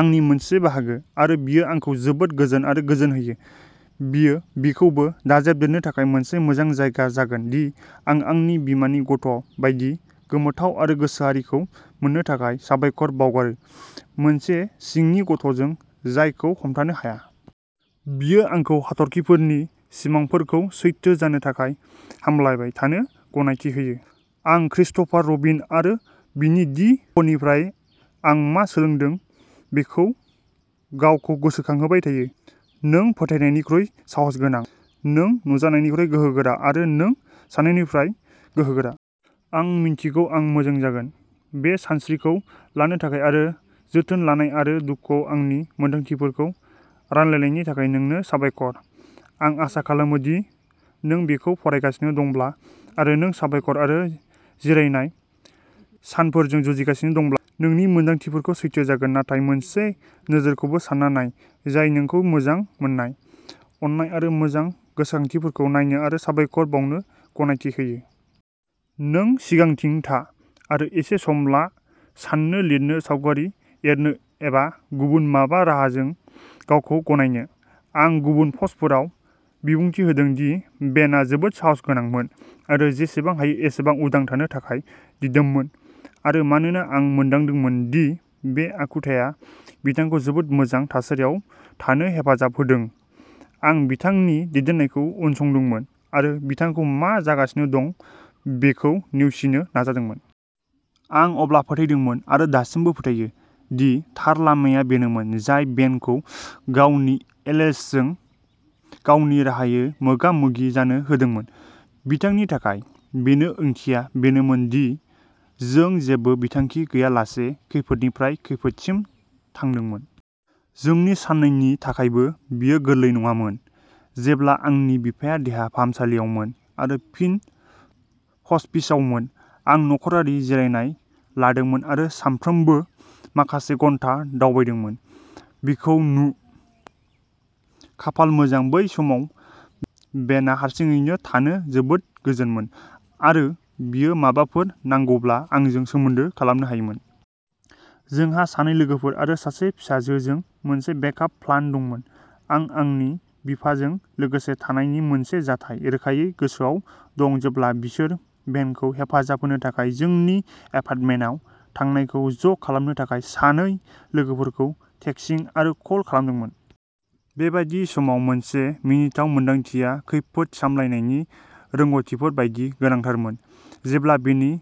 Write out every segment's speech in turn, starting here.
आंनि मोनसे बाहागो, आरो बेयो आंखौ जोबोद गोजोन आरो गोजोन होयो। बेयो बेखौबो दाजाबदेरनो थाखाय मोनसे मोजां जायगा जागोन दि आं आंनि बिमानि गथ' बायदि गोमोथाव आरो गोसोआरिखौ मोननो थाखाय साबायखर बावगारो, मोनसे सिंनि गथ'जों जायखौ हमथानो हाया। बेयो आंखौ हाथरखिफोरनि सिमांफोरखौ सैथो जानो थाखाय हामलायबाय थानो गनायथि होयो। आं क्रिस्ट'फार रबिन आरो विनि-दि-पूहनिफ्राय आं मा सोलोंदों बेखौ गावखौ गोसोखांहोबाय थायोः "नों फोथायनायनिख्रुइ साहसगोनां, नों नुजानायनिख्रुइ गोहोगोरा आरो नों सान्नायनिफ्राय गोहोगोरा।" आं मिन्थिगौ आं मोजां जागोन। बे सानस्रिखौ लानो थाखाय आरो जोथोन लानाय आरो दुखुआव आंनि मोनदांथिफोरखौ रानलायनायनि थाखाय नोंनो साबायखर। आं आसा खालामो दि नों बेखौ फरायगासिनो दंब्ला, आरो नों साबायखर आरो जिरायनाय सानफोरजों जुजिगासिनो दंब्ला, नों नोंनि मोनदांथिफोरखौ सैथो जागोन नाथाय मोनसे नोजोरखौबो सान्ना नाय जाय नोंखौ मोजां मोननाय, अननाय आरो मोजां गोसोखांथिफोरखौ नायनो आरो साबायखर बावनो गनायथि होयो। नों सिगांथिं था आरो, एसे सम ला साननो, लिरनो, सावगारि एरनो एबा गुबुन माबा राहाजों गावखौ गनायनो। आं गुबुन पस्टफोराव बिबुंथि होदों दि बेनआ जोबोद साहसगोनांमोन आरो जेसेबां हायो एसेबां उदां थानो थाखाय दिदोममोन, आरो मानोना आं मोनदांदोंमोन दि बे आखुथाया बिथांखौ जोबोद मोजां थासारियाव थानो हेफाजाब होदों, आं बिथांनि दैदेननायखौ उनसंदोंमोन आरो बिथांखौ मा जागासिनो दं बेखौ नेवसिनो नाजादोंमोन। आं अब्ला फोथायदोंमोन, आरो दासिमबो फोथायो, दि थार लामाया बेनोमोन जाय बेनखौ गावनि एएलएसजों गावनि राहायै मोगा मोगि जानो होदोंमोन। बिथांनि थाखाय, बेनि ओंथिया बेनोमोन दि जों जेबो बिथांखि गैयालासे खैफोदनिफ्राय खैफोदसिम थांदोंमोन। जोंनि सानैनि थाखायबो बेयो गोरलै नङामोन। जेब्ला आंनि बिफाया देहा फाहामसालियावमोन आरो फिन हस्पिसआवमोन, आं नखरारि जिरायनाय लादोंमोन आरो सानफ्रोमबो माखासे घन्टा दावबायदोंमोन। बिखौ नु। खाफाल मोजां, बै समाव बेनआ हारसिङै थानो जोबोद गोजोनमोन, आरो बियो माबाफोर नांगौब्ला आंजों सोमोन्दो खालामनो हायोमोन। जोंहा सानै लोगोफोर आरो सासे फिसाजोजों मोनसे बेक आप प्लान दंमोन। आं आंनि बिफाजों लोगोसे थानायनि मोनसे जाथाय रोखायै गोसोआव दं जेब्ला बिसोर बेनखौ हेफाजाब होनो थाखाय जोंनि एपार्टमेन्टआव थांनायखौ ज' खालामनो थाखाय सानै लोगोफोरखौ टेक्सिं आरो कल खालामदोंमोन। बेबादि समाव, मोनसे मिनिथाव मोन्दांथिया खैफोद सामलायनायनि रोंग'थिफोर बायदि गोनांथारमोन! जेब्ला बिनि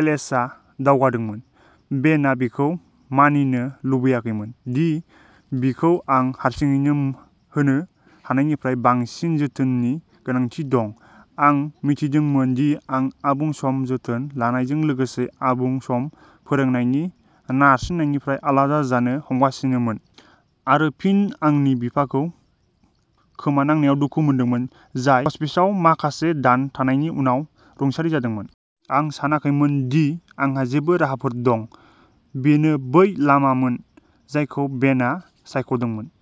एएलएसआ दावगादोंमोन, बेनआ बेखौ मानिनो लुबैयाखैमोन दि बिखौ आं हारसिङैनो होनो हानायनिफ्राय बांसिन जोथोननि गोनांथि दं। आं मिथिदोंमोन दि आं आबुं सम जोथोन लानायजों लोगोसे आबुं सम फोरोंनायनि नारसिननायनिफ्राय आलादा जानो हमगासिनोमोन, आरो फिन, आंनि बिफाखौ खोमानांनायाव दुखु मोनदोंमोन, जाय ह'स्पिसआव माखासे दान थानायनि उनाव रुंसारि जादोंमोन। आं सानाखैमोन दि आंहा जेबो राहाफोर दं। बेनो बै लामामोन जायखौ बेनआ सायख'दोंमोन।